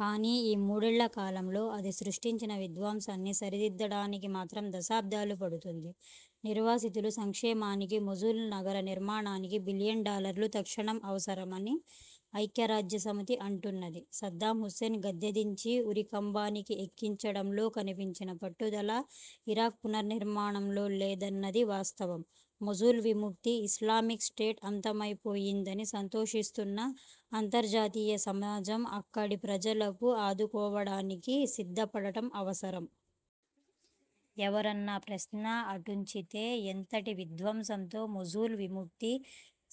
కానీ, ఈ మూడేళ్ళకాలంలో అది సృష్టించిన విధ్వంసాన్ని సరిదిద్దడానికి మాత్రం దశాబ్దాలు పడుతుంది. నిర్వాసితుల సంక్షేమానికీ, మోసుల్ నగర నిర్మాణానికీ బిలియన్ డాలర్లు తక్షణావసరమని ఐక్యరాజ్యసమితి అంటున్నది. సద్దాం హుస్సేన్ను గద్దెదించి, ఉరికంబానికి ఎక్కించడంలో కనిపించిన పట్టుదల, ఇరాక్ పునర్నిర్మాణంలో లేదన్నది వాస్తవం. మోసుల్ విముక్తితో ఇస్లామిక్ స్టేట్ అంతమైపోయిందని సంతోషిస్తున్న అంతర్జాతీయ సమాజం అక్కడి ప్రజలను ఆదుకోవడానికి సిద్ధపడటం అవసరం. ఎవరన్న ప్రశ్న అటుంచితే, ఎంతటి విధ్వంసంతో మోసుల్ 'విముక్తి'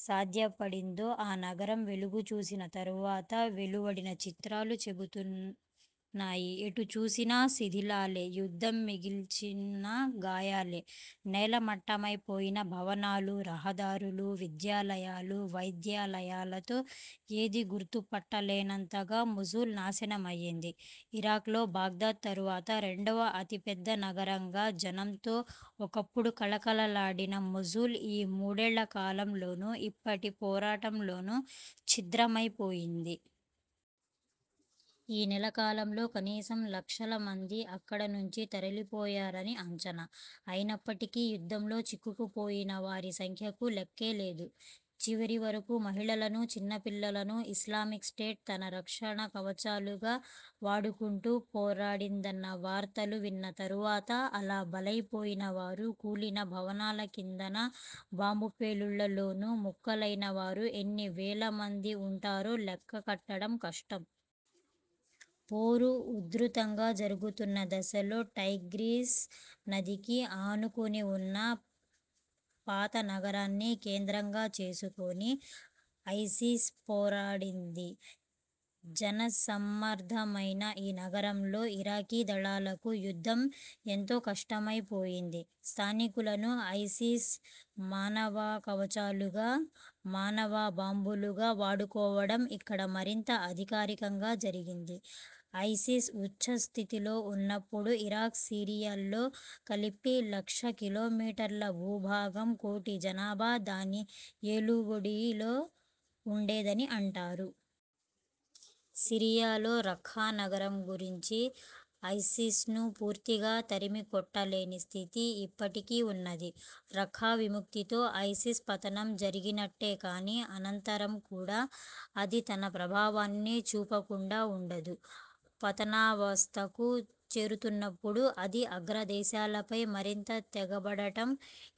సాధ్యపడిందో ఆ నగరం వెలుగుచూసిన తరువాత వెలువడిన చిత్రాలు చెబుతున్నాయి. ఎటుచూసినా శిథిలాలే, యుద్ధం మిగల్చిన గాయాలే. నేలమట్టమైపోయిన భవనాలు, రహదారులు, విద్యాలయాలు, వైద్యాలయాలతో ఏదీ గుర్తుపట్టలేనంతగా మోసుల్ నాశనమైంది. ఇరాక్లో బాగ్దాద్ తరువాత రెండవ అతిపెద్దనగరంగా జనంతో ఒకప్పుడు కళకళలాడిన మోసుల్ ఈ మూడేళ్ళకాలంలోనూ, ఇప్పటి పోరాటంలోనూ ఛిద్రమైపోయింది. ఈ నెలల కాలంలో కనీసం లక్షలమంది అక్కడనుంచి తరలిపోయారని అంచనా. అయినప్పటికీ, యుద్ధంలో చిక్కుకుపోయినవారి సంఖ్యకు లెక్కేలేదు. చివరివరకూ మహిళలనూ, చిన్నపిల్లలనూ ఇస్లామిక్ స్టేట్ తన రక్షణకవచాలుగా వాడుకుంటూ పోరాడిందన్న వార్తలు విన్న తరువాత, అలా బలైపోయిన వారు, కూలిన భవనాలకిందనా, బాంబు పేలుళ్ళలోనూ ముక్కలైనవారు ఎన్నివేలమంది ఉంటారో లెక్క కట్టడం కష్టం. పోరు ఉధృతంగా జరుగుతున్న దశలో టైగ్రిస్ నదికి ఆనుకునివున్న పాతనగరాన్ని కేంద్రంగా చేసుకొని ఐసిస్ పోరాడింది. జనసమ్మర్దమైన ఈ నగరంలో ఇరాకీదళాలకు యుద్ధం ఎంతో కష్టమైపోయింది. స్థానికులను ఐసిస్ మానవకవచాలుగా, మానవబాంబులుగా వాడుకోవడం ఇక్కడ మరింత అధికంగా జరిగింది. ఐసిస్ ఉచ్ఛస్థితిలో ఉన్నప్పుడు ఇరాక్, సిరియాల్లో కలిపి లక్షకిలోమీటర్ల భూభాగం, కోటిజనాభా దాని ఏలుబడిలో ఉండేదని అంటారు. సిరియాలోని రఖ్ఖానగరంనుంచి ఐసిస్ను పూర్తిగా తరిమికొట్టలేని స్థితి ఇప్పటికీ ఉన్నది. రఖ్ఖా విముక్తితో ఐసిస్ పతనం జరిగినట్టే కానీ, అనంతరం కూడా అది తన ప్రభావాన్ని చూపకుండా ఉండదు. పతనావస్థకు చేరుతున్నప్పుడు అది అగ్రదేశాలపై మరింతగా తెగబడటం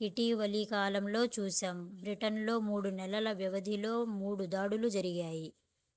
ఇటీవలికాలంలో చూశాం. బ్రిటన్లో మూడునెలల వ్యవధిలోనే మూడుదాడులు జరిగాయి.